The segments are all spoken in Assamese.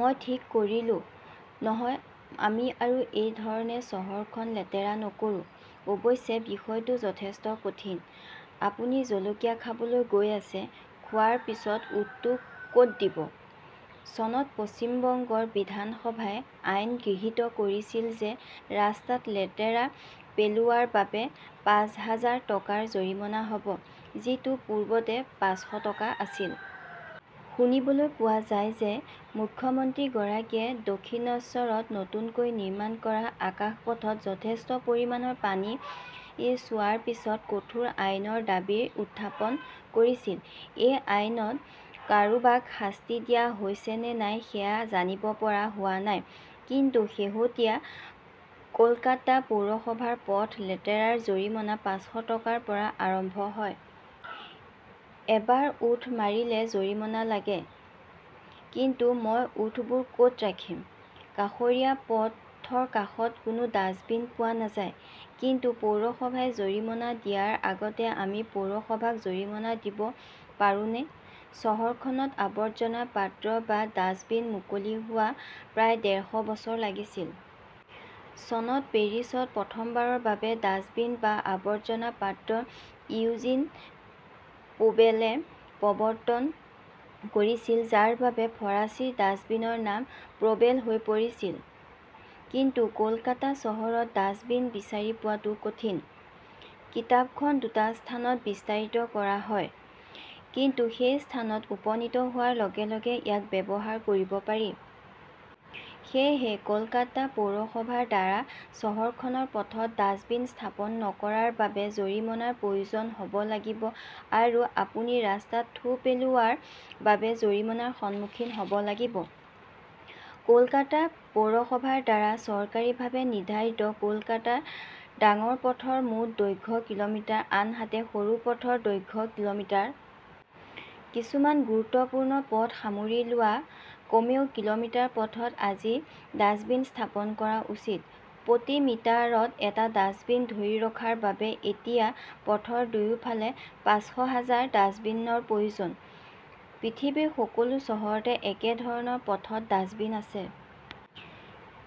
মই ঠিক কৰিলো, নহয়, আমি আৰু এই ধৰণে চহৰখন লেতেৰা নকৰো। অৱশ্যে, বিষয়টো যথেষ্ট কঠিন। আপুনি জলকীয়া খাবলৈ গৈ আছে, খোৱাৰ পিছত ওঁঠটো ক "ত দিব? চনত পশ্চিম বংগ বিধানসভাই আইন গৃহীত কৰিছিল যে ৰাস্তাত লেতেৰা পেলোৱাৰ বাবে পাঁচ হাজাৰ টকাৰ জৰিমনা হ 'ব, যিটো পূৰ্বতে পঞ্চাশ টকা আছিল। শুনিবলৈ পোৱা যায় যে মুখ্যমন্ত্ৰীগৰাকীয়ে দক্ষিণশ্বৰত নতুনকৈ নিৰ্মাণ কৰা আকাশপথত যথেষ্ট পৰিমাণৰ পানী চোৱাৰ পিছত কঠোৰ আইনৰ দাবী উত্থাপন কৰিছিল। এই আইনত কাৰোবাক শাস্তি দিয়া হৈছে নে নাই সেয়া জানিব পৰা হোৱা নাই, কিন্তু শেহতীয়া কলকাতা পৌৰসভাৰ পথ লেতেৰাৰ জৰিমনা পাঁচশ টকাৰ পৰা আৰম্ভ হয়। এবাৰ ওঁঠ মাৰিলে জৰিমনা লাগে। কিন্তু মই ওঁঠবোৰ ক "ত ৰাখিম? কাষৰীয়া পথৰ কাষত কোনো ডেষ্টবিন পোৱা নাযায়। কিন্তু পৌৰসভাই জৰিমনা দিয়াৰ আগতে আমি পৌৰসভাক জৰিমনা দিব পাৰোঁনে? চহৰখনত আৱৰ্জনাৰ পাত্ৰ বা ডাস্টবিন মুকলি হোৱাৰ প্ৰায় ডেৰশ বছৰ লাগিছিল। চনত পেৰিছত প্ৰথমবাৰৰ বাবে ডাস্টবিন বা আৱৰ্জনাৰ পাত্ৰ ইউজিন পোবেলে প্ৰৱৰ্তন কৰিছিল যাৰ বাবে ফৰাচী ডাস্টবিনৰ নাম প 'বেলে হৈ পৰিছিল। কিন্তু কলকাতা চহৰত ডাস্টবিন বিচাৰি পোৱাটো কঠিন। কিতাপখন দুটা স্থানত বিস্তাৰিত কৰা হয়, কিন্তু সেই স্থানত উপনীত হোৱাৰ লগে লগে ইয়াক ব্যৱহাৰ কৰিব পাৰি। সেয়েহে কলকাতা পৌৰসভাৰ দ্বাৰা চহৰখনৰ পথত ডাষ্টবিন স্থাপন নকৰাৰ বাবে জৰিমনাৰ প্ৰয়োজন হ 'ব লাগিব আৰু আপুনি ৰাস্তাত থু পেলোৱাৰ বাবে জৰিমনাৰ সন্মুখীন হ' ব লাগিব। কলকাতা পৌৰসভাৰ দ্বাৰা চৰকাৰীভাৱে নিৰ্ধাৰিত কলকাতাৰ ডাঙৰ পথৰ মুঠ দৈৰ্ঘ্য কিলোমিটাৰ, আনহাতে সৰু পথৰ দৈৰ্ঘ্য কিলোমিটাৰ। কিছুমান গুৰুত্বপূৰ্ণ পথ সামৰি লোৱা কমেও কিলোমিটাৰ পথত আজি ডাস্টবিন স্থাপন কৰা উচিত। প্ৰতি মিটাৰত এটা ডাস্টবিন ধৰি ৰখাৰ বাবে এতিয়া পথৰ দুয়োফালে পঞ্চাশ হাজাৰ ডাস্টবিনৰ প্ৰয়োজন। পৃথিৱীৰ সকলো চহৰতে একে ধৰণৰ পথত ডাস্টবিন আছে।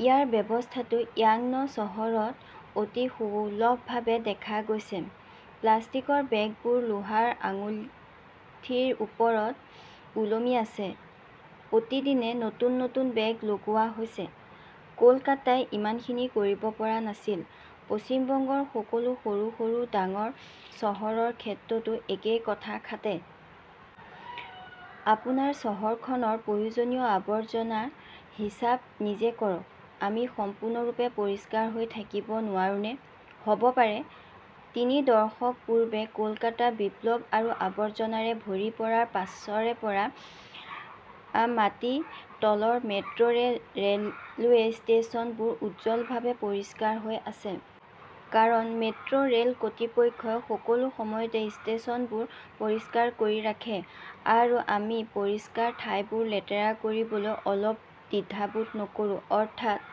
ইয়াৰ ব্যৱস্থাটো ইয়াংন চহৰত অতি সুলভভাৱে দেখা গৈছিল। প্লাষ্টিকৰ বেগবোৰ লোহাৰ আঙুঠিৰ ওপৰত ওলমি আছে, প্ৰতিদিনে নতুন নতুন বেগ লগোৱা হৈছে। কলকাতাই ইমানখিনি কৰিব পৰা নাছিল। পশ্চিম বংগৰ সকলো সৰু সৰু ডাঙৰ চহৰৰ ক্ষেত্ৰতো একেই কথা খাটে। আপোনাৰ চহৰখনৰ প্ৰয়োজনীয় আৱৰ্জনাৰ হিচাপ নিজে কৰক। আমি সম্পূৰ্ণৰূপে পৰিষ্কাৰ হৈ থাকিব নোৱাৰোঁনে? হ 'ব পাৰে। তিনি দশক পূৰ্বে কলকাতা বিপ্লৱ আৰু আৱৰ্জনাৰে ভৰি পৰাৰ পিছৰে পৰা মাটিৰ তলৰ মেট্ৰ' ৰে 'লৱেৰ ষ্টেচনবোৰ উজ্জ্বলভাৱে পৰিষ্কাৰ হৈ আছে। কাৰণ মেট্ৰ "ৰে" ল কৰ্তৃপক্ষই সকলো সময়তে ষ্টেচনবোৰ পৰিষ্কাৰ কৰি ৰাখে আৰু আমি পৰিষ্কাৰ ঠাইবোৰ লেতেৰা কৰিবলৈ অলপ দ্বিধাবোধ কৰোঁ। অৰ্থাৎ,